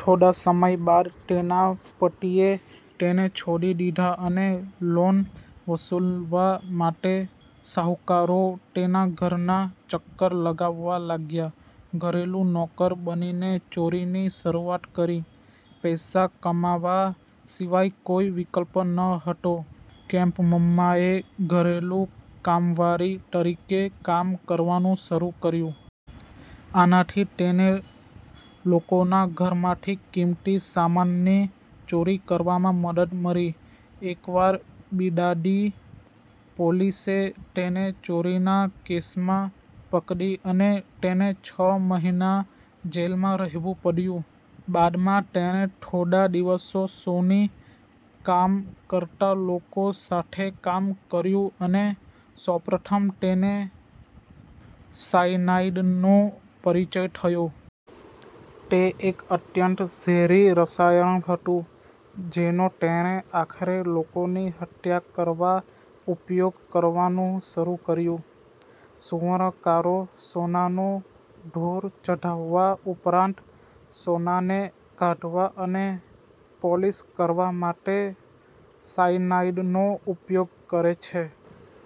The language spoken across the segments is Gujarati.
થોડા સમય બાદ તેના પતિએ તેને છોડી દીધી અને લોન વસૂલવા માટે શાહુકારો તેના ઘરના ચક્કર લગાવવા લાગ્યા. ઘરેલુ નોકર બનીને ચોરીની શરૂઆત કરી, પૈસા કમાવા સિવાય કોઈ વિકલ્પ ન હતો, કેમ્પમ્માએ ઘરેલુ કામવાળી તરીકે કામ કરવાનું શરૂ કર્યું. આનાથી તેને લોકોના ઘરમાંથી કિંમતી સામાનની ચોરી કરવામાં મદદ મળી. એકવાર બિદાદી પોલીસે તેને ચોરીના કેસમાં પકડી અને તેને છ મહિના જેલમાં રહેવું પડ્યું. બાદમાં તેણે થોડા દિવસો સોની કામ કરતા લોકો સાથે કામ કર્યું અને સૌપ્રથમ તેને સાયનાઈડનો પરિચય થયો. તે એક અત્યંત ઝેરી રસાયણ હતું, જેનો તેણે આખરે લોકોની હત્યા કરવા ઉપયોગ કરવાનું શરૂ કર્યું. સુવર્ણકારો સોનાનો ઢોળ ચઢાવવા ઉપરાંત, સોનાને કાઢવા અને પોલિશ કરવા માટે સાયનાઇડનો ઉપયોગ કરે છે.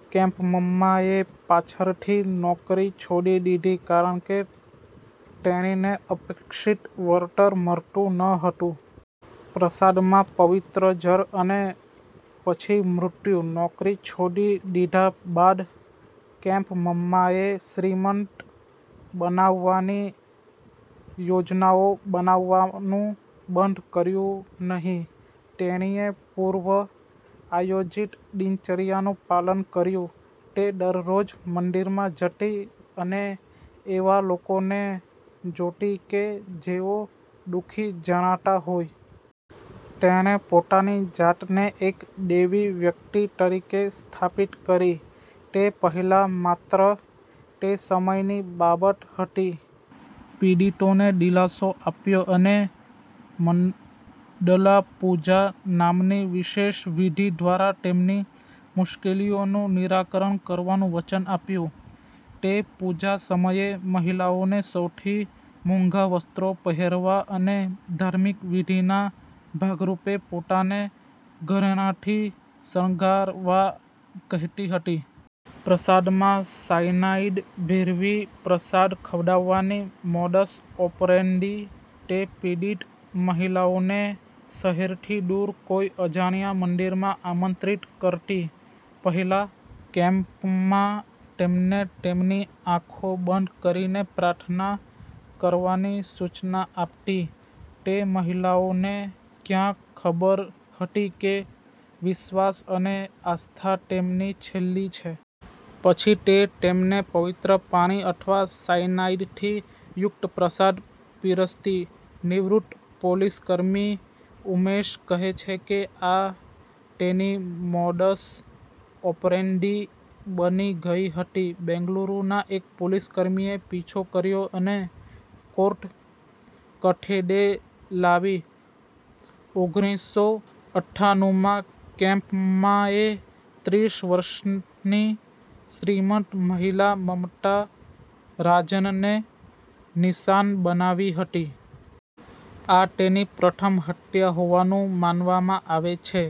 કેમ્પમ્માએ પાછળથી નોકરી છોડી દીધી કારણ કે, તેણીને અપેક્ષિત વેતન મળતું ન હતું. પ્રસાદમાં પવિત્ર જળ અને પછી મૃત્યુ. નોકરી છોડી દીધા બાદ, કેમ્પમ્માએ શ્રીમંત બનવાની યોજનાઓ બનાવવાનું બંધ કર્યું નહીં. તેણીએ પૂર્વ આયોજિત દિનચર્યાનું પાલન કર્યું. તે દરરોજ મંદિરમાં જતી અને એવા લોકોને જોતી કે જેઓ દુઃખી જણાતા હોય. તેણે પોતાની જાતને એક દૈવી વ્યક્તિ તરીકે સ્થાપિત કરી, તે પહેલાં માત્ર તે સમયની બાબત હતી. પીડિતોને દિલાસો આપ્યો અને 'મંડલા પૂજા' નામની વિશેષ વિધિ દ્વારા તેમની મુશ્કેલીઓનું નિરાકરણ કરવાનું વચન આપ્યું. તે પૂજા સમયે મહિલાઓને સૌથી મોંઘા વસ્ત્રો પહેરવા અને ધાર્મિક વિધિના ભાગરૂપે પોતાને ઘરેણાંથી શણગારવા કહેતી હતી. પ્રસાદમાં સાયનાઈડ ભેળવી પ્રસાદ ખવડાવવાની મોડસ ઓપરેન્ડી તે પીડિત મહિલાઓને શહેરથી દુર કોઈ અજાણ્યા મંદિરમાં આમંત્રિત કરતી, પહેલા કેમ્પમ્મા તેમને તેમની આંખો બંધ કરીને પ્રાર્થના કરવાની સૂચના આપતી. તે મહિલાઓને ક્યાં ખબર હતી કે વિશ્વાસ અને આસ્થા તેમની છેલ્લી છે. પછી તે તેમને "પવિત્ર પાણી" અથવા સાઇનાઇડથી યુક્ત પ્રસાદ પીરસતી. નિવૃત્ત પોલીસકર્મી ઉમેશ કહે છે કે, આ તેની મોડસ ઓપરેન્ડી બની ગઈ હતી. બેંગલુરુના એક પોલીસકર્મીએ પીછો કર્યો અને કોર્ટ કઠેડે લાવી ઓગણીસસો અઠ્ઠાનુંમાં કેમ્પમ્માએ ત્રીસ વર્ષની શ્રીમંત મહિલા મમતા રાજનને નિશાન બનાવી હતી. આ તેની પ્રથમ હત્યા હોવાનું માનવામાં આવે છે.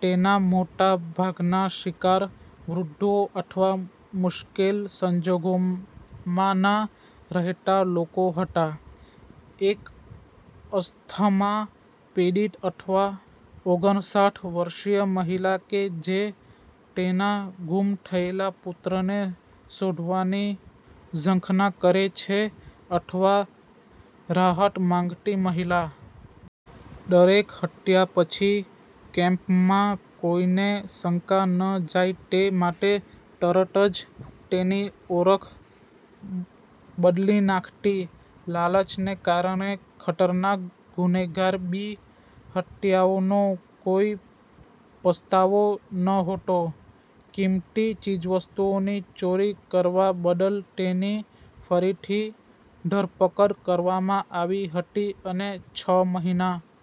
તેના મોટા ભાગના શિકાર, વૃદ્ધો અથવા મુશ્કેલ સંજોગોમાંના રહેતા લોકો હતા. એક અસ્થમા પીડિત અથવા ઓગણસાઠ વર્ષીય મહિલા કે જે તેના ગુમ થયેલા પુત્રને શોધવાની ઝંખના કરે છે, અથવા રાહત માંગતી મહિલા. દરેક હત્યા પછી, કેમ્પમ્મા કોઈને શંકા ન જાય તે માટે તરત જ તેની ઓળખ બદલી નાખતી. લાલચને કારણે ખતરનાક ગુનેગાર બી, હત્યાઓનો કોઈ પસ્તાવો નહોતો, કીમતી ચીજવસ્તુઓની ચોરી કરવા બદલ તેની ફરીથી ધરપકડ કરવામાં આવી હતી અને છ મહિના